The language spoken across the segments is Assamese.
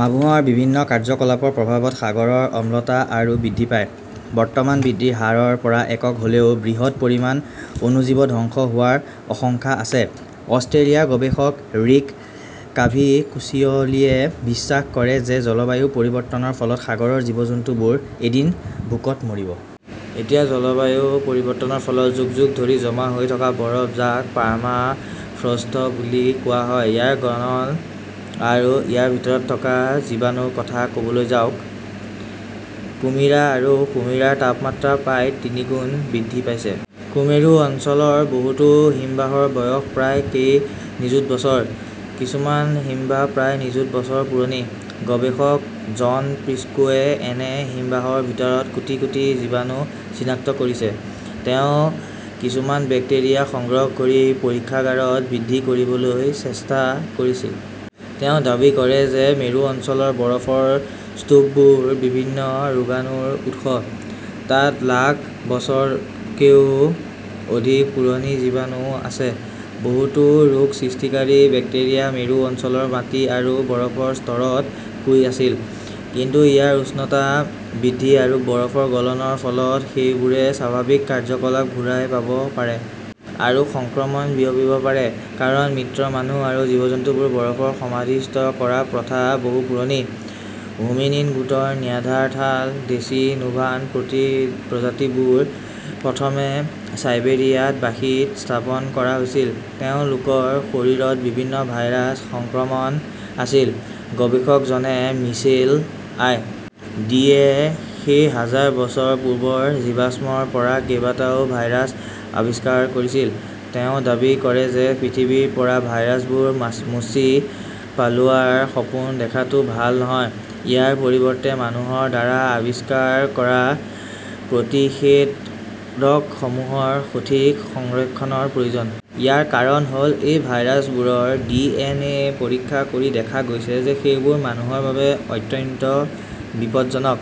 মানুহৰ বিভিন্ন কাৰ্যকলাপৰ প্ৰভাৱত সাগৰৰ অম্লতা আৰু বৃদ্ধি পায়, বৰ্তমান বৃদ্ধিৰ হাৰ ৰ পৰা একক হ 'লেও, বৃহৎ পৰিমাণ অণুজীৱ ধ্বংস হোৱাৰ অশংকা আছে। অষ্ট্ৰেলিয়াৰ গৱেষক ৰিক কাভিকোচিঅ 'লীয়ে বিশ্বাস কৰে যে জলবায়ু পৰিৱৰ্তনৰ ফলত সাগৰৰ জীৱ-জন্তুবোৰ এদিন ভোকত মৰিব। এতিয়া জলবায়ু পৰিৱৰ্তনৰ ফলত যুগ-যুগ ধৰি জমা হৈ থকা বৰফ, যাক পাৰ্মাফ্ৰষ্ট বুলি কোৱা হয়, ইয়াৰ গলন আৰু ইয়াৰ ভিতৰত থকা জীৱাণুৰ কথা কবলৈ যাওক। কুমিৰা আৰু সুমিৰাৰ তাপমাত্ৰা প্ৰায় তিনিগুণ বৃদ্ধি পাইছে। কুমেৰু অঞ্চলৰ বহুতো হিমবাহৰ বয়স প্ৰায় কেই নিযুত বছৰ। কিছুমান হিমবাহ প্ৰায় নিযুত বছৰ পুৰণি। গৱেষক জন প্ৰিস্কুৱে এনে হিমবাহৰ ভিতৰত কোটি-কোটি জীৱাণু চিনাক্ত কৰিছে। তেওঁ কিছুমান বেক্টেৰিয়া সংগ্ৰহ কৰি পৰীক্ষাগাৰত বৃদ্ধি কৰিবলৈ চেষ্টা কৰিছিল। তেওঁ দাবী কৰে যে মেৰু অঞ্চলৰ বৰফৰ স্তূপবোৰ বিভিন্ন ৰোগাণুৰ উৎস। তাত লাখ বছৰতকেও অধিক পুৰণি জীৱাণুও আছে। বহুতো ৰোগ সৃষ্টিকাৰী বেক্টেৰিয়া মেৰু অঞ্চলৰ মাটি আৰু বৰফৰ স্তৰত শুই আছিল। কিন্তু ইয়াৰ উষ্ণতা বৃদ্ধি আৰু বৰফ গলনৰ ফলত সেইবোৰে স্বাভাৱিক কাৰ্য্যকলাপ ঘূৰাই পাব পাৰে। আৰু সংক্ৰমণ বিয়পিব পাৰে। কাৰণ মৃত মানুহ আৰু জীৱ-জন্তুবোৰক বৰফত সমাধিস্থ কৰাৰ প্ৰথা বহু পুৰণি। 'হোমিনিন গোটৰ নিয়াণ্ডাৰথাল, ডেচিনোভান প্ৰজাতিবোৰ প্ৰথমে চাইবেৰিয়াত বাসিত স্থাপন কৰা হৈছিল। তেওঁলোকৰ শৰীৰত বিভিন্ন ভাইৰাছৰ সংক্ৰমণ আছিল। গৱেষক জনে মিচেল আই. ডি.-এ সেই হাজাৰ বছৰ পূৰ্বৰ জীৱাশ্মৰ পৰা কেইবাটাও ভাইৰাছ আৱিষ্কাৰ কৰিছিল। তেওঁ দাবী কৰে যে পৃথিৱীৰ পৰা ভাইৰাছবোৰ মচি পেলোৱাৰ সপোন দেখাটো ভাল নহয়। ইয়াৰ পৰিৱৰ্তে মানুহৰ দ্বাৰা আৱিষ্কাৰ কৰা প্ৰতিষেধকসমূহৰ সঠিক সংৰক্ষণৰ প্ৰয়োজন। ইয়াৰ কাৰণ হল এই ভাইৰাছবোৰৰ ডি এন এ পৰীক্ষা কৰি দেখা গৈছে যে সেইবোৰ মানুহৰ বাবে অত্যন্ত বিপজ্জনক।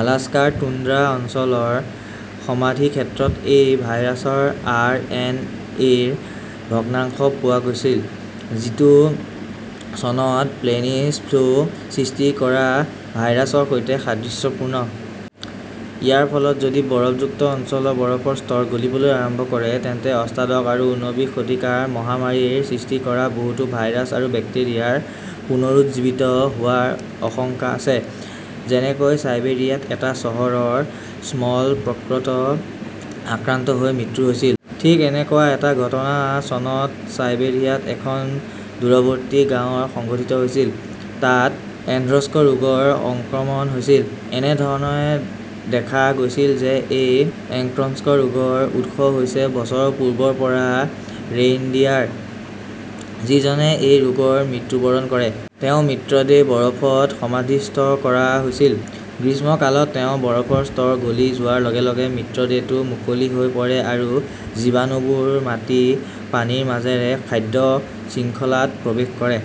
আলাস্কাৰ টুন্দ্ৰা অঞ্চলৰ সমাধিক্ষেত্ৰত এই ভাইৰাছৰ আৰ. এন. এ. -ৰ ভগ্নাংশ পোৱা গৈছিল। যিটো চনত প্লেনিছ ফ্লু সৃষ্টি কৰা ভাইৰাছৰ সৈতে সাদৃশ্যপূৰ্ণ। ইয়াৰ ফলত যদি বৰফযুক্ত অঞ্চলৰ বৰফৰ স্তৰ গলিবলৈ আৰম্ভ কৰে তেন্তে অষ্টাদশ আৰু ঊনবিশ শতিকাৰ মহামাৰীৰ সৃষ্টি কৰা বহুতো ভাইৰাছ আৰু বেক্টেৰিয়াৰ পুনৰুজ্জীৱিত হোৱাৰ অশংকা আছে। যেনেকৈ চাইবেৰিয়াত এটা চহৰৰ স্মলপক্সত আক্ৰান্ত হৈ মৃত্যু হৈছিল। ঠিক এনেকুৱা এটা ঘটনা চনত চাইবেৰিয়াত এখন দূৰৱৰ্তী গাঁৱত সংঘটিত হৈছিল। তাত এন্থ্ৰক্স ৰোগৰ সংক্ৰমণ হৈছিল। এনে ধৰণৰ দেখা গৈছিল যে এই এন্থ্ৰক্স ৰোগৰ উৎস হৈছে বছৰ পূৰ্বৰ পৰা ৰেইনডিয়াৰ। যিজনে এই ৰোগত মৃত্যুবৰণ কৰে। তেওঁৰ মৃতদেহ বৰফত সমাধিস্থ কৰা হৈছিল। গ্ৰীষ্মকালত তেওঁ বৰফৰ স্তৰ গলি যোৱাৰ লগে লগে মৃতদেহটো মুকলি হৈ পৰে আৰু জীৱাণুবোৰ মাটি, পানীৰ মাজেৰে খাদ্য শৃংখলাত প্ৰৱেশ কৰে।